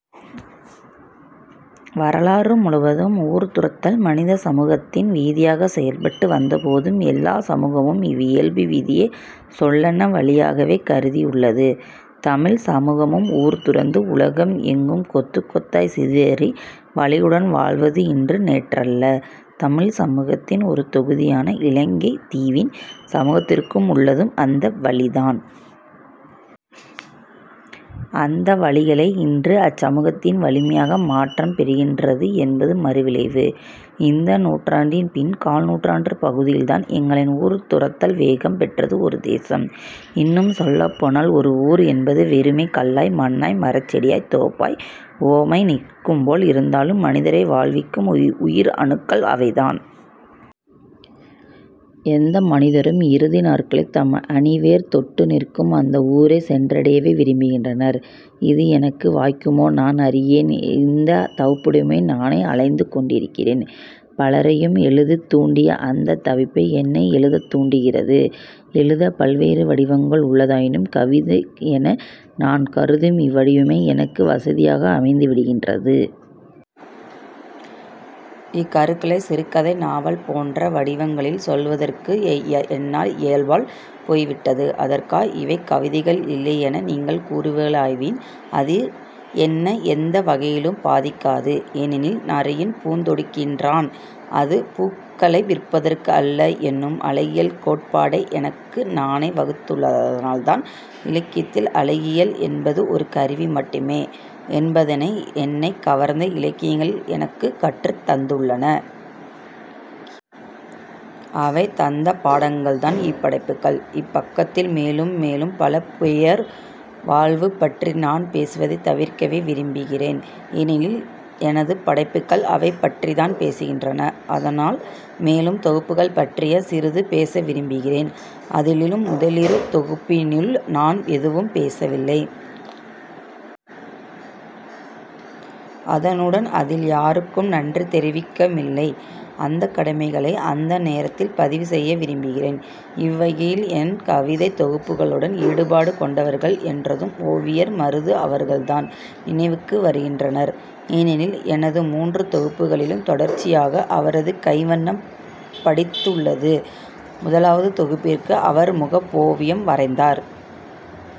வரலாறு முழுவதும் ஊர் துறத்தல் மனித சமூகத்தின் விதியாகச் செயற்பட்டு வந்தபோதும் எல்லாச் சமூகமும் இவ்வியல்பு விதியைச் சொல்லென்ண வலியாகவே கருதி வுள்ளது. தமிழ்ச சமூகமும் ஊர் துறந்து, உலகெங்கும் கொத்துக் கொத்தாய்த் சிதறி வலிவுடன் வாழ்வது இன்று நேற்றல்ல. தமிழ்ச் சமூகத்தின் ஒரு தொகுதியான இலங்கைத் தீவின் சமூகத்திற்குள்ளதும் அந்த வலிதான். அந்த வலிகளே இன்று அச்சமூகத்தின் வலிமையாக மாற்றம்பெறுகின்றது என்பது மறு விளைவு. இந்த நூற்றாண்டின் பின் கால்நூற்றாண்டுப் பகுதியில்தான் எங்களின் ஊர்துறத்தல் வேகம் பெற்றது. ஒரு தேசம், இன்னும் சொல்லப்போனால் ஓர் ஊர் என்பது வெறுமே கல்லாய், மண்ணாய், மரஞ்செடி தோப்பாய், ஓமாய் நிற்குமாப்போல் இருந்தாலும்மனிதரை வாழ்விக்கும் உயிர் அணுக்கள் அவைதான். எந்த மனிதரும் இறுதி நாட்பில் தம் ஆணிவேர் தொட்டு நிற்கும் அந்த ஊரே சென்றடையவே விரும்புகின்றனர். இது எனக்கு வாய்க்குமா நான் அறியேன். இந்த தவுப்புடமை நான் அலைந்து கொண்டிருக்கிறேன் பலரையும் எழுதத் தூண்டிய அந்தத் தவிப்பே என்னையும் எழுதத் தூண்டுகின்றது. எழுத பல்வேறு வடிவங்கள் உள்ளதாயினும் கவிதைக்யென நான் கருதும் இவ்வடிவமே எனக்கு வசதியாக அமைந்து விடுகின்றது. இக்கருக்களை சிறுகதை, நாவல் போன்ற வடிவங்களில் சொல்வதற்கு என்னால் இயல்பால் போய்விட்டது. அதற்காய்இவை கவிதைகள் இல்லையென நீங்கள் கூறுவீர்களாயின் அது என்னை எந்த வகையிலும் பாதிக்காது. ஏனெனில் நாரினில் பூத்தொடுக்கின்றேன். அது பூக்களை விற்பதற்கு அல்ல என்னும் அழகியல் கோட்பாட்டை எனக்கு நானே வகுத்துள்ளதனால்தான் இலக்கியத்தில் அழகியல் என்பது ஒரு கருவி மட்டுமே என்பதனை என்னைக் கவர்ந்த இலக்கியங்கள் எனக்கு கற்றுத் தந்துள்ளன. அவை தந்த பாடங்கள்தான் இப்படைப்புகள். இப்பக்கத்தில் மேலும் மேலும் பலபுயர் வாழ்வு பற்றி நான் பேசுவதைத் தவிர்க்கவே விரும்புகிறேன். ஏனெனில் எனது படைப்புகள் அவை பற்றித்தான் பேசுகின்றன. ஆதலால் மேலும் தொகுப்புகள் பற்றியே சிறிது பேச விரும்புகிறேன். அதிலும் முதலிரு தொகுப்பினிலு நான் எதுவும் பேசவில்லை. அதனுடன் அதில் யாருக்கும் நன்றி தெரிவிக்கவுமில்லை. அந்தக் கடமைகளை அந்தநேரத்தில் பதிவு செய்யவிரும்புகிறேன். இவ்வகையில் என் கவிதைத் தொகுப்புகளுடன் ஈடுபாடு கொண்டவர்கள் என்றதும் ஓவியர் மருது அவர்கள்தான் நினைவுக்கு வருகின்றனர். ஏனெனில், எனது மூன்று தொகுப்புகளிலும் தொடர்ச்சியாக அவரது கைவண்ணம் படிந்துள்ளது. முதலாவது தொகுப்பிற்கு அவர் முகப்போவியம் வரைந்தார்.